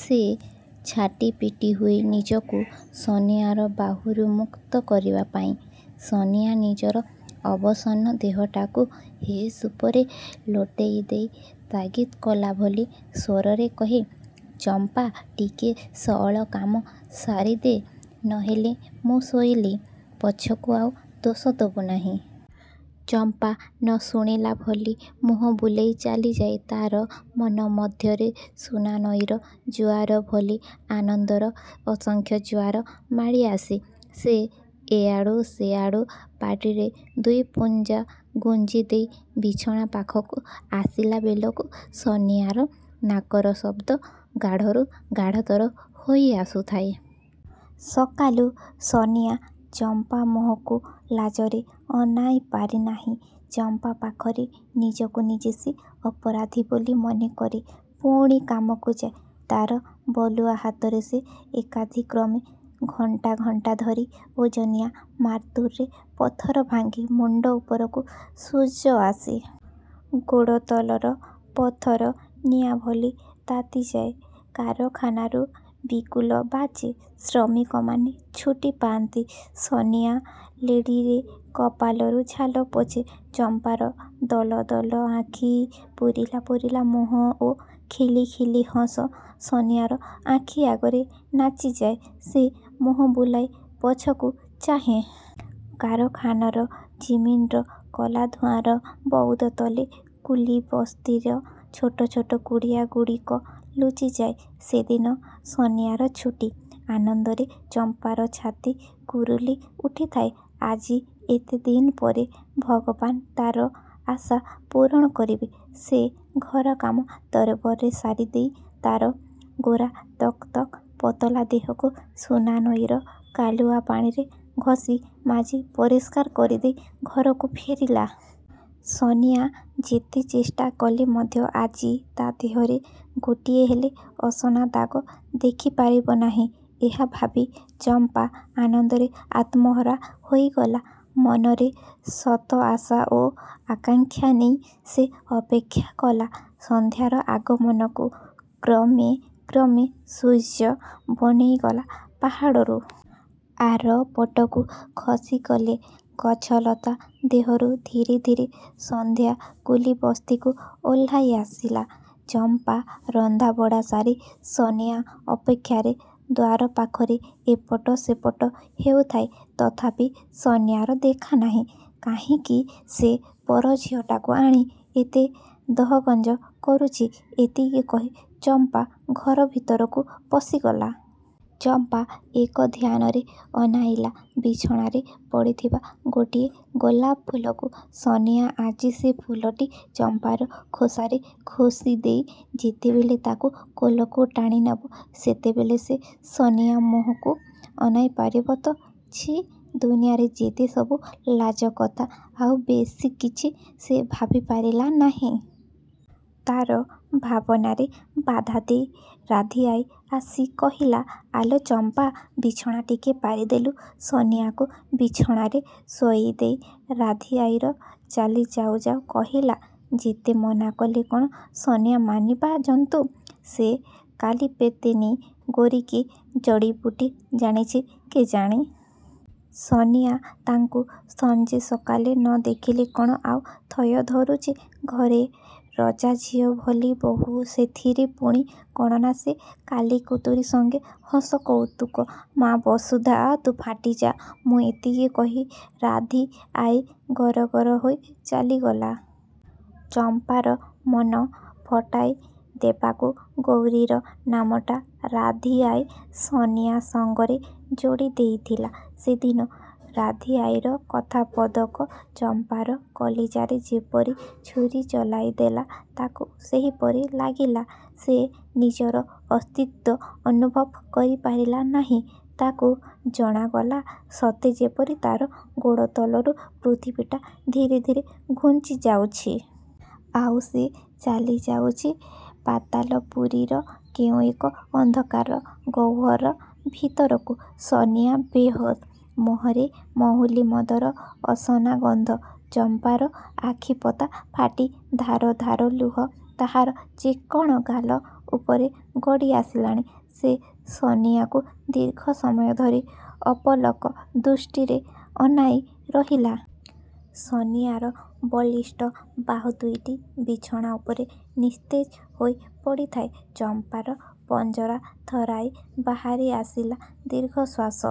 ସେ ଛାଟିପିଟି ହୁଏ ନିଜକୁ ସନିଆର ବାହୁରୁ ମୁକ୍ତ କରିବା ପାଇଁ। ସନିଆ ନିଜର ଅବସନ୍ନ ଦେହଟାକୁ ହେଁସ ଉପରେ ଲୋଟେଇ ଦେଇ ତାଗିତ କଲାଭଲି ସ୍ୱରରେ କହେ ''ଚମ୍ପା! ଟିକିଏ ସଅଳ କାମ ସାରିଦେ। ନୋହିଲେ ମୁଁ ଶୋଇଲି। ପଛକୁ ଆଉ ଦୋଷ ଦେବୁ ନାହିଁ। '' ଚମ୍ପା ନ ଶୁଣିଲା ଭଳି ମୁହଁ ବୁଲାଇ ଚାଲିଯାଏ। ତା'ର ମନ ମଧ୍ୟରେ ସୁନାନଈର ଜୁଆର ଭଳି ଆନନ୍ଦର ଅସଂଖ୍ୟ ଜୁଆର ମାଡ଼ିଆସେ। ସେ ଏଆଡ଼ୁ ସେଆଡ଼ୁ ପାଟିରେ ଦୁଇପୁଞ୍ଜା ଗୁଞ୍ଜିଦେଇ ବିଛଣା ପାଖକୁ ଆସିଲାବେଳକୁ ସନିଆର ନାକର ଶବ୍ଦ ଗାଢ଼ରୁ ଗାଢ଼ତର ହୋଇଆସୁଥାଏ। ସକାଳୁ ସନିଆ ଚମ୍ପା ମୁହଁକୁ ଲାଜରେ ଅନାଇପାରେ ନାହିଁ। ଚମ୍ପା ପାଖରେ ନିଜକୁ ନିଜେ ସେ ଅପରାଧୀ ବୋଲି ମନେକରେ। ପୁଣି କାମକୁ ଯାଏ। ତା'ର ବଳୁଆ ହାତରେ ସେ ଏକାଧିକ୍ରମେ ଘଣ୍ଟା ଘଣ୍ଟା ଧରି ଓଜନିଆ ମାରତୁଲରେ ପଥର ଭାଙ୍ଗେ। ମୁଣ୍ଡ ଉପରକୁ ସୂର୍ଯ୍ୟ ଆସେ। ଗୋଡ଼ତଳର ପଥର ନିଆଁଭଳି ତାତିଯାଏ। କାରଖାନାରୁ ବିଗୁଲ ବାଜେ। ଶ୍ରମିକମାନେ ଛୁଟି ପାଆନ୍ତି। ସନିଆ ଲେଢ଼ିରେ କପାଳରୁ ଝାଳ ପୋଛେ। ଚମ୍ପାର ଦଳ ଦଳ ଆଖି। ପୂରିଲା ପୂରିଲା ମୁହଁ ଓ ଖିଲି ଖିଲି ହସ ସନିଆର ଆଖି ଆଗରେ ନାଚିଯାଏ। ସେ ମୁହଁ ବୁଲାଇ ପଛକୁ ଚାହେଁ। କାରଖାନାର ଚିମିନିର କଳାଧୂଆଁର ବଉଦ ତଳେ କୁଲିବସ୍ତିର ଛୋଟ ଛୋଟ କୁଡ଼ିଆଗୁଡ଼ିକ ଲୁଚିଯାଏ। ସେଦିନ ସନିଆର ଛୁଟି। ଆନନ୍ଦରେ ଚମ୍ପାର ଛାତି କୁରୁଳି ଉଠୁଥାଏ। ଆଜି ଏତେ ଦିନପରେ ଭଗବାନ ତା'ର ଆଶା ପୂରଣ କରିବେ। ସେ ଘର କାମ ତରବରରେ ସାରି ଦେଇ ତା'ର ଗୋରା ତକ ତକ ପତଳା ଦେହକୁ ସୁନାନଈର କାଲୁଆ ପାଣିରେ ଘଷି ମାଜି ପରିଷ୍କାର କରିଦେଇ ଘରକୁ ଫେରିଲା। ସନିଆ ଯେତେ ଚେଷ୍ଟା କଲେ ମଧ୍ୟ ଆଜି ତା' ଦେହରେ ଗୋଟିଏହେଲେ ଅସନାଦାଗ ଦେଖିପାରିବ ନାହିଁ। ଏହା ଭାବି ଚମ୍ପା ଆନନ୍ଦରେ ଆତ୍ମହରା ହୋଇଗଲା। ମନରେ ଶତ ଆଶା ଓ ଆକାଙ୍କ୍ଷା ନେଇ ସେ ଅପେକ୍ଷା କଲା ସନ୍ଧ୍ୟାର ଆଗମନକୁ-। କ୍ରମେ କ୍ରମେ ସୂର୍ଯ୍ୟ ବନେଇକଳା ପାହାଡ଼ରୁ। ଆରପଟକୁ ଖସିଗଲେ। ଗଛଲତା ଦେହରୁ ଧୀରେ ଧୀରେ ସନ୍ଧ୍ୟା କୁଲିବସ୍ତିକୁ ଓହ୍ଲାଇ ଆସିଲା। ଚମ୍ପା ରନ୍ଧାବଢ଼ା ସାରି ସନିଆ ଅପେକ୍ଷାରେ ଦ୍ୱାର ପାଖରେ ଏପଟ ସେପଟ ହେଉଥାଏ। ତଥାପି ସନିଆର ଦେଖା ନାହିଁ। ''କାହିଁକି ସେ ପରଝିଅଟାକୁ ଆଣି ଏତେ ଦହଗଞ୍ଜ କରୁଛି'' ଏତିକି କହି ଚମ୍ପା ଘର ଭିତରକୁ ପଶିଗଲା। ଚମ୍ପା ଏକଧିଆନରେ ଅନାଇଲା ବିଛଣାରେ ପଡ଼ିଥିବା ଗୋଟିଏ ଗୋଲାପ ଫୁଲକୁ। ସନିଆ ଆଜି ସେ ଫୁଲଟି ଚମ୍ପାର ଖୋସାରେ ଖୋସିଦେଇ ଯେତେବେଳେ ତାକୁ କୋଳକୁ ଟାଣିନେବ ସେତେବେଳେ ସେ ସନିଆ ମୁହଁକୁ ଅନାଇ ପାରିବ ତ? ଛିଃ ଦୁନିଆରେ ଯେତେସବୁ ଲାଜକଥା। ଆଉ ବେଶିକିଛି ସେ ଭାବିପାରିଲା ନାହିଁ। ତା'ର ଭାବନାରେ ବାଧାଦେଇ ରାଧୀଆଈ ଆସି କହିଲା, ''ଆଲୋ ଚମ୍ପା! ବିଛଣା ଟିକିଏ ପାରିଦେଲୁ। '' ସନିଆକୁ ବିଛଣାରେ ଶୁଆଇଦେଇ ରାଧୀଆଈର ଚାଲି ଯାଉଁ ଯାଉଁ କହିଲା, ''ଯେତେ ମନାକଲେ କ'ଣ ସନିଆ ମାନିବା ଜନ୍ତୁ। ସେ କାଳୀପେତିନୀ ଗୌରୀ କି ଜଡ଼ିବୁଟି ଜାଣିଛି କେଜାଣି-। ସନିଆ ତାକୁ ସଞ୍ଜେସକାଳେ ନ ଦେଖିଲେ କ'ଣ ଆଉ ଥୟ ଧରୁଛି। ଘରେ ରଜାଝିଅ ଭଳି ବୋହୂ। ସେଥିରେ ପୁଣି କ'ଣ ନା ସେ କାଳୀକୁତୁରୀ ସଙ୍ଗେ ହସ କଉତୁକ। ମା ବସୁଧା! ତୁ ଫାଟିଯା। ମୁଁ ଏତିକି କହି ରାଧୀଆଈ ଗରଗର ହୋଇ ଚାଲିଗଲା। '' ଚମ୍ପାର ମନ ଫଟାଇ ଦେବାକୁ ଗୌରୀର ନାମଟା ରାଧୀଆଈ ସନିଆ ସଙ୍ଗରେ ଯୋଡ଼ି ଦେଇଥିଲା ସେଦିନ। ରାଧୀଆଈର କଥାପଦକ ଚମ୍ପାର କଲିଜାରେ ଯେପରି ଛୁରିଚଳାଇ ଦେଲା ତାକୁ ସେହିପରି ଲାଗିଲା। ସେ ନିଜର ଅସ୍ତିତ୍ୱ ଅନୁଭବ କରିପାରିଲା ନାହିଁ। ତାକୁ ଜଣାଗଲା ସତେ ଯେପରି ତା'ର ଗୋଡ଼ ତଳରୁ ପୃଥିବୀଟା ଧୀରେ ଧୀରେ ଘୁଞ୍ଚି ଯାଉଛି। ଆଉ ସେ ଚାଲିଯାଉଛି ପାତାଳ ପୁରୀର କେଉଁ ଏକ ଅନ୍ଧକାରର ଗହ୍ୱର ଭିତରକୁ। ସନିଆ ବେହୋସ। ମୁହଁରେ ମହୁଲୀ ମଦର ଅସନା ଗନ୍ଧ। ଚମ୍ପାର ଆଖିପତା ଫାଟି ଧାର ଧାର ଲୁହ ତାହାର ଚିକ୍କଣ ଗାଲ ଉପରେ ଗଡ଼ିଆସିଲା। ସେ ସନିଆକୁ ଦୀର୍ଘ ସମୟ ଧରି ଅପଲକ ଦୃଷ୍ଟିରେ ଅନାଇ ରହିଲା। ସନିଆର ବଳିଷ୍ଠ ବାହୁ ଦୁଇଟି ବିଛଣା ଉପରେ ନିସ୍ତେଜ ହୋଇ ପଡ଼ିଥାଏ। ଚମ୍ପାର ପଞ୍ଜରା ଥରାଇ ବାହାରିଆସିଲା ଦୀର୍ଘଶ୍ୱାସ।